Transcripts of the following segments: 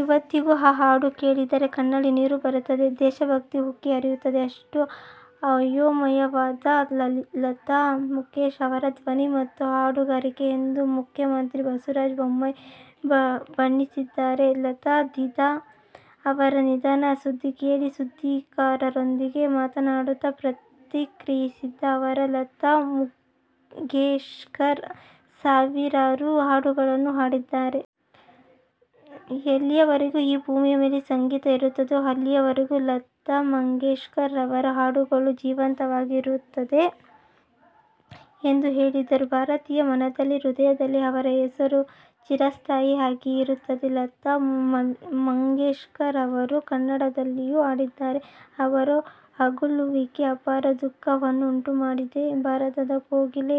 ಇವತ್ತಿಗೂ ಆ ಹಾಡು ಕೇಳಿದರೆ ಕಣ್ಣಲ್ಲಿ ನೀರು ಬರುತ್ತದೆ, ದೇಶಭಕ್ತಿ ಉಕ್ಕಿ ಹರಿಯುತ್ತದೆ. ಅಷ್ಟು ಅಪ್ಯಾಯಮಾನವಾದ ಲತಾ ಮಂಗೇಶ್ಕರ್ ಅವರ ಧ್ವನಿ ಮತ್ತು ಹಾಡುಗಾರಿಕೆ ಎಂದು ಮುಖ್ಯಮಂತ್ರಿ ಬಸವರಾಜ ಬೊಮ್ಮಾಯಿ ಬಣ್ಣಿಸಿದ್ದಾರೆ. ಲತಾ ದೀದಿ ಅವರ ನಿಧನ ಸುದ್ದಿ ಕೇಳಿ ಸುದ್ದಿಗಾರರೊಂದಿಗೆ ಮಾತನಾಡುತ್ತಾ ಪ್ರತಿಕ್ರಿಯಿಸಿದ ಅವರು, ಲತಾ ಮಂಗೇಶ್ಕರ್ ಸಾವಿರಾರು ಹಾಡುಗಳನ್ನು ಹಾಡಿದ್ದಾರೆ. ಎಲ್ಲಿಯವರೆಗೂ ಈ ಭೂಮಿ ಮೇಲೆ ಸಂಗೀತ ಇರುತ್ತದೋ ಅಲ್ಲಿಯವರೆಗೂ ಲತಾ ಮಂಗೇಶ್ಕರ್ ಅವರ ಹಾಡುಗಳು ಜೀವಂತವಾಗಿ ಇರುತ್ತದೆ ಎಂದು ಹೇಳಿದರು. ಭಾರತೀಯರ ಮನದಲ್ಲಿ, ಹೃದಯದಲ್ಲಿ ಅವರ ಹೆಸರು ಚಿರಸ್ಥಾಯಿಯಾಗಿ ಇರುತ್ತದೆ. ಲತಾ ಮಂಗೇಶ್ಕರ್ ಅವರು ಕನ್ನಡದಲ್ಲಿಯೂ ಹಾಡಿದ್ದಾರೆ. ಅವರ ಅಗಲುವಿಕೆ ಅಪಾರ ದುಃಖವನ್ನುಂಟುಮಾಡಿದೆ. ಭಾರತದ ಕೋಗಿಲೆ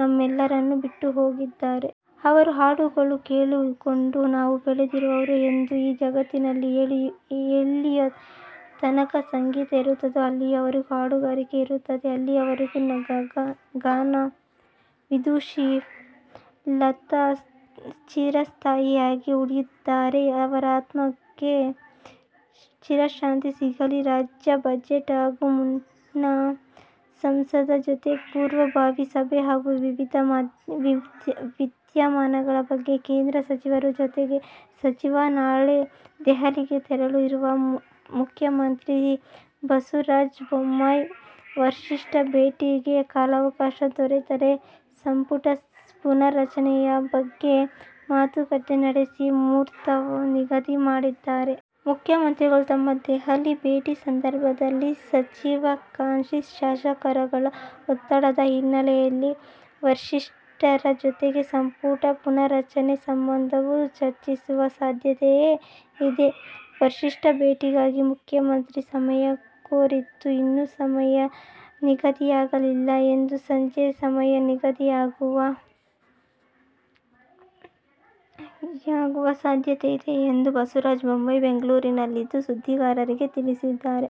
ನಮ್ಮೆಲ್ಲರನ್ನೂ ಬಿಟ್ಟುಹೋಗಿದ್ದಾರೆ. ಅವರ ಹಾಡುಗಳನ್ನು ಕೇಳಿಕೊಂಡು ನಾವು ಬೆಳೆದವರು ಎಂದರು. ಈ ಜಗತ್ತಿನಲ್ಲಿ ಎಲ್ಲಿಯತನಕ ಸಂಗೀತ ಇರುತ್ತದೆಯೋ, ಎಲ್ಲಿಯವರೆಗೂ ಹಾಡುಗಾರಿಕೆ ಇರುತ್ತದೆಯೋ, ಅಲ್ಲಿಯವರೆಗೂ ಗಾನ ವಿದುಷಿ ಲತಾ ಮಂಗೇಶ್ಕರ್ ಅವರು ಪ್ರತಿಯೊಬ್ಬರ ಮನದಲ್ಲಿಯೂ ಚಿರಸ್ಥಾಯಿಯಾಗಿ ಉಳಿಯಲಿದ್ದಾರೆ. ಅವರ ಆತ್ಮಕ್ಕೆ ಚಿರಶಾಂತಿ ಸಿಗಲಿ. ರಾಜ್ಯ ಬಜೆಟ್ ಗೂ ಮುನ್ನ ಸಂಸದರ ಜೊತೆ ಪೂರ್ವಭಾವಿ ಸಭೆ ಹಾಗೂ ವಿವಿಧ ವಿದ್ಯಮಾನಗಳ ಬಗ್ಗೆ ಕೇಂದ್ರ ಸಚಿವರುಗಳ ಜೊತೆಗೆ ಚರ್ಚಿಸಲು ನಾಳೆ ದೆಹಲಿಗೆ ತೆರಳಲಿರುವ ಮುಖ್ಯಮಂತ್ರಿ ಬಸವರಾಜ ಬೊಮ್ಮಾಯಿ, ವರಿಷ್ಠರ ಭೇಟಿಗೆ ಕಾಲಾವಕಾಶ ದೊರೆತರೆ ಸಂಪುಟ ಪುನಾರಚನೆಯ ಬಗ್ಗೆ ಮಾತುಕತೆ ನಡೆಸಿ, ಮುಹೂರ್ತ ನಿಗದಿ ಮಾಡಲಿದ್ದಾರೆ. ಮುಖ್ಯಮಂತ್ರಿಗಳು ತಮ್ಮ ದೆಹಲಿ ಭೇಟಿ ಸಂದರ್ಭದಲ್ಲಿ ಸಚಿವಾಕಾಂಕ್ಷಿ ಶಾಸಕರುಗಳ ಒತ್ತಡದ ಹಿನ್ನೆಲೆಯಲ್ಲಿ ವರಿಷ್ಠರ ಜೊತೆಗೆ ಸಂಪುಟ ಪುನಾರಚನೆ ಸಂಬಂಧವೂ ಚರ್ಚಿಸುವ ಸಾಧ್ಯತೆಯಿದೆ. ವರಿಷ್ಠರ ಭೇಟಿಗಾಗಿ ಮುಖ್ಯಮಂತ್ರಿ ಸಮಯ ಕೋರಿದ್ದು, ಇನ್ನೂ ಸಮಯ ನಿಗದಿಯಾಗಿಲ್ಲ. ಇಂದು ಸಂಜೆ ಸಮಯ ನಿಗದಿಯಾಗುವ ಸಾಧ್ಯತೆಯಿದೆ ಎಂದು ಬಸವರಾಜ ಬೊಮ್ಮಾಯಿ ಬೆಂಗಳೂರಿನಲ್ಲಿಂದು ಸುದ್ದಿಗಾರರಿಗೆ ತಿಳಿಸಿದರು.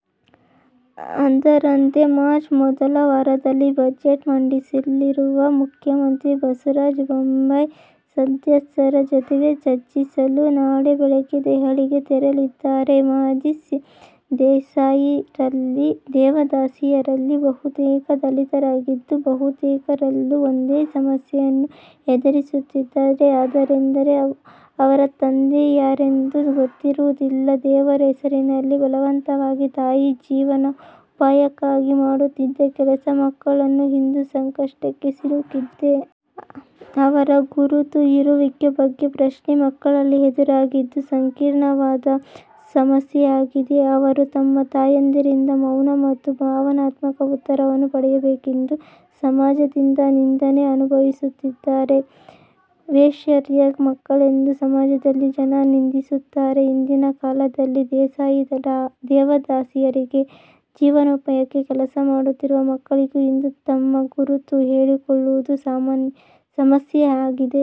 ಅದರಂತೆ ಮಾರ್ಚ್ ಮೊದಲ ವಾರದಲ್ಲಿ ಬಜೆಟ್ ಮಂಡಿಸಲಿರುವ ಮುಖ್ಯಮಂತ್ರಿ ಬಸವರಾಜ ಬೊಮ್ಮಾಯಿ ಸಂಸದರ ಜೊತೆಗೆ ಚರ್ಚಿಸಲು ನಾಳೆ ಬೆಳಗ್ಗೆ ದೆಹಲಿಗೆ ತೆರಳಲಿದ್ದಾರೆ. ಮಾಜಿ ದೇವದಾಸಿಯರಲ್ಲಿ ಬಹುತೇಕರು ದಲಿತರಾಗಿದ್ದು ಬಹುತೇಕರೆಲ್ಲರೂ ಒಂದೇ ಸಮಸ್ಯೆಯನ್ನು ಎದುರಿಸುತ್ತಿದ್ದಾರೆ. ಅದೆಂದರೆ ಅವರ ತಂದೆ ಯಾರೆಂದು ಗೊತ್ತಿಲ್ಲದಿರುವುದು. ದೇವರ ಹೆಸರಿನಲ್ಲಿ ಬಲವಂತವಾಗಿ ತಾಯಿ ಜೀವನೋಪಾಯಕ್ಕಾಗಿ ಮಾಡುತ್ತಿದ್ದ ಕೆಲಸ ಮಕ್ಕಳನ್ನು ಇಂದು ಸಂಕಷ್ಟಕ್ಕೆ ಸಿಲುಕಿಸುತ್ತಿದೆ. ಅವರ ಗುರುತು, ಇರುವಿಕೆ ಬಗ್ಗೆ ಪ್ರಶ್ನೆ ಮಕ್ಕಳಲ್ಲಿ ಎದುರಾಗಿದ್ದು ಸಂಕೀರ್ಣವಾದ ಸಮಸ್ಯೆಯಾಗಿದೆ. ಅವರು ತಮ್ಮ ತಾಯಂದಿರಿಂದ ಮೌನ ಮತ್ತು ಭಾವನಾತ್ಮಕ ಉತ್ತರವನ್ನು ಪಡೆಯಬೇಕಾಗಿದ್ದು ಸಮಾಜದಿಂದ ನಿಂದನೆ ಅನುಭವಿಸುತ್ತಿದ್ದಾರೆ. ವೇಶ್ಯಯರ ಮಕ್ಕಳೆಂದು ಸಮಾಜದಲ್ಲಿ ಜನ ನಿಂದಿಸುತ್ತಾರೆ. ಹಿಂದಿನ ಕಾಲದಲ್ಲಿ ದೇವದಾಸಿಯರಾಗಿ ಜೀವನೋಪಾಯಕ್ಕಾಗಿ ಕೆಲಸ ಮಾಡುತ್ತಿದ್ದವರ ಮಕ್ಕಳಿಗೆ ಇಂದು ತಮ್ಮ ಗುರುತು ಹೇಳಿಕೊಳ್ಳುವುದೇ ಸಮಸ್ಯೆಯಾಗಿದೆ.